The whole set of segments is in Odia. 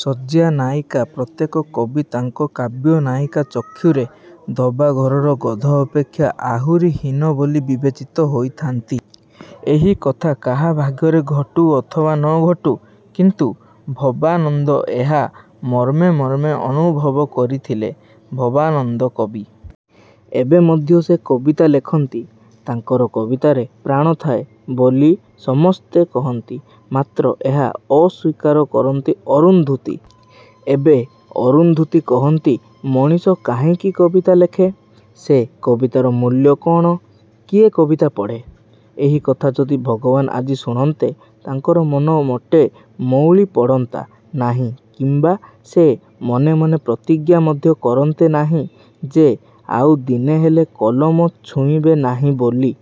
ଶଯ୍ୟା ନାୟିକା ପ୍ରତ୍ୟେକ କବି ତାଙ୍କ କାବ୍ୟନାୟିକା ଚକ୍ଷୁରେ ଧୋବା ଘରର ଗଧ ଅପେକ୍ଷା ଆହୁରି ହୀନ ବୋଲି ବିବେଚିତ ହୋଇଥାନ୍ତି। ଏହି କଥା କାହା ଭାଗ୍ୟରେ ଘଟୁ ଅଥବା ନ ଘଟୁ, କିନ୍ତୁ ଭବାନନ୍ଦ ଏହା ମର୍ମେ ମର୍ମେ ଅନୁଭବ କରିଥିଲେ। ଭବାନନ୍ଦ କବି। ଏବେ ମଧ୍ୟ ସେ କବିତା ଲେଖନ୍ତି। ତାଙ୍କର କବିତାରେ ପ୍ରାଣଥାଏ ବୋଲି ସମସ୍ତେ କହନ୍ତି, ମାତ୍ର ଏହା ଅସ୍ୱୀକାର କରନ୍ତି ଅରୁନ୍ଧୁତୀ। ଏବେ ଅରୁନ୍ଧୁତୀ କହନ୍ତି ମଣିଷ କାହିଁକି କବିତା ଲେଖେ? ସେ କବିତାର ମୂଲ୍ୟ କ'ଣ? କିଏ କବିତା ପଢ଼େ? ଏହି କଥା ଯଦି ଭଗବାନ ଆଜି ଶୁଣନ୍ତେ, ତାଙ୍କର ମନ ମୋଟେ ମଉଳି ପଡ଼ନ୍ତା ନାହିଁ କିମ୍ବା ସେ ମନେମନେ ପ୍ରତିଜ୍ଞା ମଧ୍ୟ କରନ୍ତେ ନାହିଁ ଯେ ଆଉ ଦିନେହେଲେ କଲମ ଛୁଇଁବେ ନାହିଁ ବୋଲି।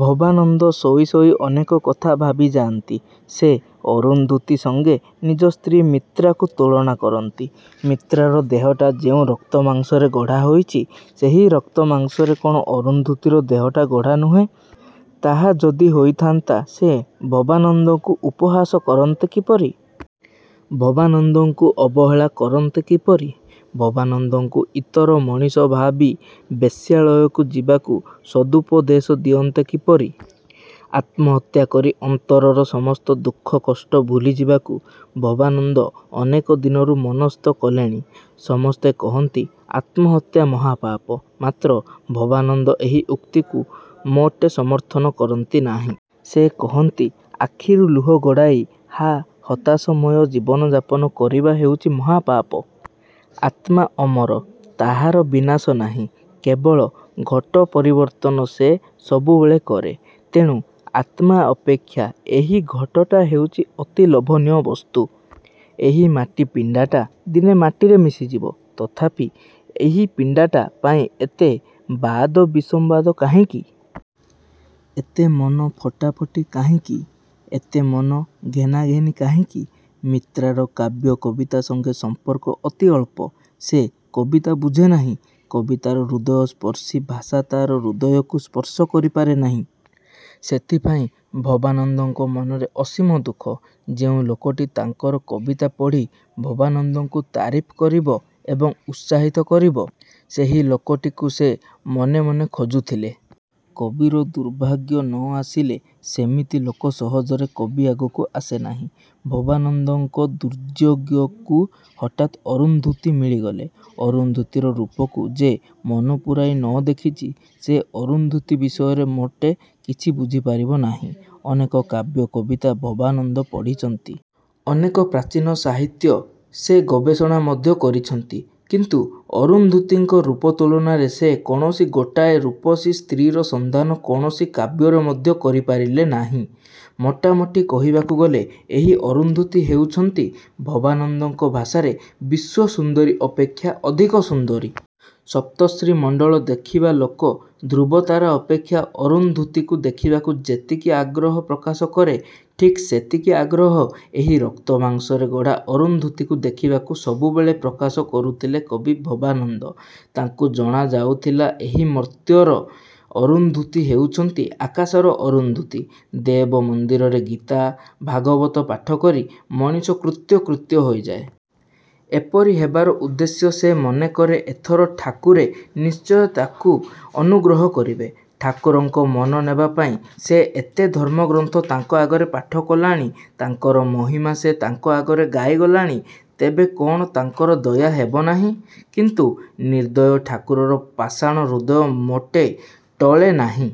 ଭବାନନ୍ଦ ଶୋଇ ଶୋଇ ଅନେକ କଥା ଭାବିଯାଆନ୍ତି। ସେ ଅରୁନ୍ଧୁତୀ ସଙ୍ଗେ ନିଜ ସ୍ତ୍ରୀ ମିତ୍ରାକୁ ତୁଳନା କରନ୍ତି। ମିତ୍ରାର ଦେହଟା ଯେଉଁ ରକ୍ତମାଂସରେ ଗଢ଼ାହୋଇଛି, ସେହି ରକ୍ତମାଂସରେ କ'ଣ ଅରୁନ୍ଧୁତୀର ଦେହଟା ଗଢ଼ା ନୁହେଁ? ତାହା ଯଦି ହୋଇଥାନ୍ତା ସେ ଭବାନନ୍ଦଙ୍କୁ ଉପହାସ କରନ୍ତେ କିପରି? ଭବାନନ୍ଦଙ୍କୁ ଅବହେଳା କରନ୍ତେ କିପରି? ଭବାନନ୍ଦଙ୍କୁ ଇତର ମଣିଷ ଭାବି ବେଶ୍ୟାଳୟକୁ ଯିବାକୁ ସଦୁପଦେଶ ଦିଅନ୍ତେ କିପରି? ଆତ୍ମହତ୍ୟା କରି ଅନ୍ତରର ସମସ୍ତ ଦୁଃଖ କଷ୍ଟ ଭୁଲିଯିବାକୁ ଭବାନନ୍ଦ ଅନେକଦିନରୁ ମନସ୍ଥ କଲେଣି। ସମସ୍ତେ କହନ୍ତି ଆତ୍ମହତ୍ୟା ମହାପାପ। ମାତ୍ର ଭବାନନ୍ଦ ଏହି ଉକ୍ତିକୁ ମୋଟେ ସମର୍ଥନ କରନ୍ତି ନାହିଁ। ସେ କହନ୍ତି, ଆଖିରୁ ଲୁହ ଗଡ଼ାଇ ହା ହତାଶମୟ ଜୀବନଯାପନ କରିବା ହେଉଛି ମହାପାପ। ଆତ୍ମା ଅମର। ତାହାର ବିନାଶ ନାହିଁ। କେବଳ ଘଟ ପରିବର୍ତ୍ତନ ସେ ସବୁବେଳେ କରେ। ତେଣୁ ଆତ୍ମା ଅପେକ୍ଷା ଏହି ଘଟଟା ହେଉଛି ଅତି ଲୋଭନୀୟ ବସ୍ତୁ। ଏହି ମାଟି ପିଣ୍ଡଟା ଦିନେ ମାଟିରେ ମିଶିଯିବ, ତଥାପି ଏହି ପିଣ୍ଡଟା ପାଇଁ ଏତେ ବାଦ ବିସମ୍ବାଦ କାହିଁକି? ଏତେ ମନ ଫଟାଫଟି କାହିଁକି? ଏତେ ମନ ଘେନାଘେନି କାହିଁକି? ମିତ୍ରାର କାବ୍ୟ କବିତା ସଙ୍ଗେ ସମ୍ପର୍କ ଅତି ଅଳ୍ପ। ସେ କବିତା ବୁଝେ ନାହିଁ। କବିତାର ହୃଦୟସ୍ପର୍ଶୀ ଭାଷା ତା'ର ହୃଦୟକୁ ସ୍ପର୍ଶ କରିପାରେ ନାହିଁ। ସେଥିପାଇଁ ଭବାନନ୍ଦଙ୍କ ମନରେ ଅସୀମ ଦୁଃଖ। ଯେଉଁ ଲୋକଟି ତାଙ୍କର କବିତା ପଢ଼ି ଭବାନନ୍ଦଙ୍କୁ ତାରିଫ୍ କରିବ ଏବଂ ଉତ୍ସାହିତ କରିବ, ସେହି ଲୋକଟିକୁ ସେ ମନେମନେ ଖୋଜୁଥିଲେ। କବିର ଦୁର୍ଭାଗ୍ୟ ନ ଆସିଲେ ସେମିତି ଲୋକ ସହଜରେ କବି ଆଗକୁ ଆସେ ନାହିଁ। ଭବାନନ୍ଦଙ୍କ ଦୁର୍ଯ୍ୟୋଗକୁ ହଠାତ୍ ଅରୁନ୍ଧୁତୀ ମିଳିଗଲେ। ଅରୁନ୍ଧୁତୀର ରୂପକୁ ଯେ ମନପୂରାଇ ନ ଦେଖିଛି ସେ ଅରୁନ୍ଧୁତୀ ବିଷୟରେ ମୋଟେ କିଛି ବୁଝିପାରିବ ନାହିଁ। ଅନେକ କାବ୍ୟ କବିତା ଭବାନନ୍ଦ ପଢ଼ିଛନ୍ତି। ଅନେକ ପ୍ରାଚୀନ ସାହିତ୍ୟ ସେ ଗବେଷଣା ମଧ୍ୟ କରିଛନ୍ତି; କିନ୍ତୁ ଅରୁନ୍ଧୁତୀଙ୍କ ରୂପ ତୁଳନାରେ ସେ କୌଣସି ଗୋଟାଏ ରୂପସୀ ସ୍ତ୍ରୀର ସନ୍ଧାନ କୌଣସି କାବ୍ୟରେ ମଧ୍ୟ କରିପାରିଲେ ନାହିଁ। ମୋଟାମୋଟି କହିବାକୁ ଗଲେ ଏହି ଅରୁନ୍ଧୁତୀ ହେଉଛନ୍ତି ଭବାନନ୍ଦଙ୍କ ଭାଷାରେ ବିଶ୍ୱସୁନ୍ଦରୀ ଅପେକ୍ଷା ଅଧିକ ସୁନ୍ଦରୀ। ସପ୍ତର୍ଷିମଣ୍ଡଳ ଦେଖିବା ଲୋକ ଧ୍ରୁବତାରା ଅପେକ୍ଷା ଅରୁନ୍ଧୁତୀକୁ ଦେଖିବାକୁ ଯେତିକି ଆଗ୍ରହ ପ୍ରକାଶ କରେ, ଠିକ୍ ସେତିକି ଆଗ୍ରହ ଏହି ରକ୍ତମାଂସରେ ଗଢ଼ା ଅରୁନ୍ଧୁତୀକୁ ଦେଖିବାକୁ ସବୁବେଳେ ପ୍ରକାଶ କରୁଥିଲେ କବି ଭବାନନ୍ଦ। ତାଙ୍କୁ ଜଣାଯାଉଥିଲା ଏହି ମର୍ତ୍ତ୍ୟର ଅରୁନ୍ଧୁତୀ ହେଉଛନ୍ତି ଆକାଶର ଅରୁନ୍ଧୁତୀ। ଦେବ ମନ୍ଦିରରେ ଗୀତା, ଭାଗବତ ପାଠକରି ମଣିଷ କୃତ୍ୟକୃତ୍ୟ ହୋଇଯାଏ। ଏପରି ହେବାର ଉଦ୍ଦେଶ୍ୟ ସେ ମନେକରେ ଏଥର ଠାକୁରେ ନିଶ୍ଚୟ ତାକୁ ଅନୁଗ୍ରହ କରିବେ। ଠାକୁରଙ୍କ ମନ ନେବାପାଇଁ ସେ ଏତେ ଧର୍ମଗ୍ରନ୍ଥ ତାଙ୍କ ଆଗରେ ପାଠକଲାଣି, ତାଙ୍କର ମହିମା ସେ ତାଙ୍କ ଆଗରେ ଗାଇଗଲାଣି, ତେବେ କ'ଣ ତାଙ୍କର ଦୟା ହେବନାହିଁ? କିନ୍ତୁ ନିର୍ଦ୍ଦୟ ଠାକୁରର ପାଷାଣ ହୃଦୟ ମୋଟେ ଟଳେ ନାହିଁ।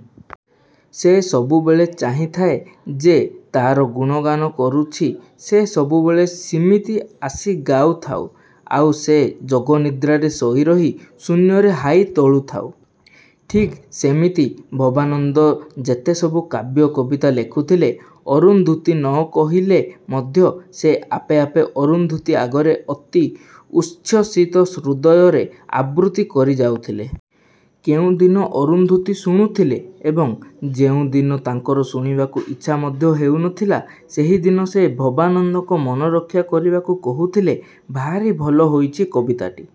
ସେ ସବୁବେଳେ ଚାହିଁଥାଏ, ଯେ ତା'ର ଗୁଣଗାନ କରୁଛି ସେ ସବୁବେଳେ ସିମିତି ଆସି ଗାଉଥାଉ, ଆଉ ସେ ଯୋଗନିଦ୍ରାରେ ଶୋଇରହି ଶୂନ୍ୟରେ ହାଇ ତୋଳୁଥାଉ। ଠିକ୍ ସେମିତି ଭବାନନ୍ଦ ଯେତେସବୁ କାବ୍ୟ କବିତା ଲେଖୁଥିଲେ, ଅରୁନ୍ଧୁତୀ ନ କହିଲେ ମଧ୍ୟ ସେ ଆପେ ଆପେ ଅରୁନ୍ଧୁତୀ ଆଗରେ ଅତି ଉଚ୍ଛ୍ୱସିତ ହୃଦୟରେ ଆବୃତ୍ତି କରିଯାଉଥିଲେ। କେଉଁଦିନ ଅରୁନ୍ଧୁତୀ ଶୁଣୁଥିଲେ ଏବଂ ଯେଉଁଦିନ ତାଙ୍କର ଶୁଣିବାକୁ ଇଚ୍ଛା ମଧ୍ୟ ହେଉନଥିଲା ସେହିଦିନ ସେ ଭବାନନ୍ଦଙ୍କ ମନରକ୍ଷା କରିବାକୁ କହୁଥିଲେ, ''ଭାରି ଭଲ ହୋଇଛି କବିତାଟି।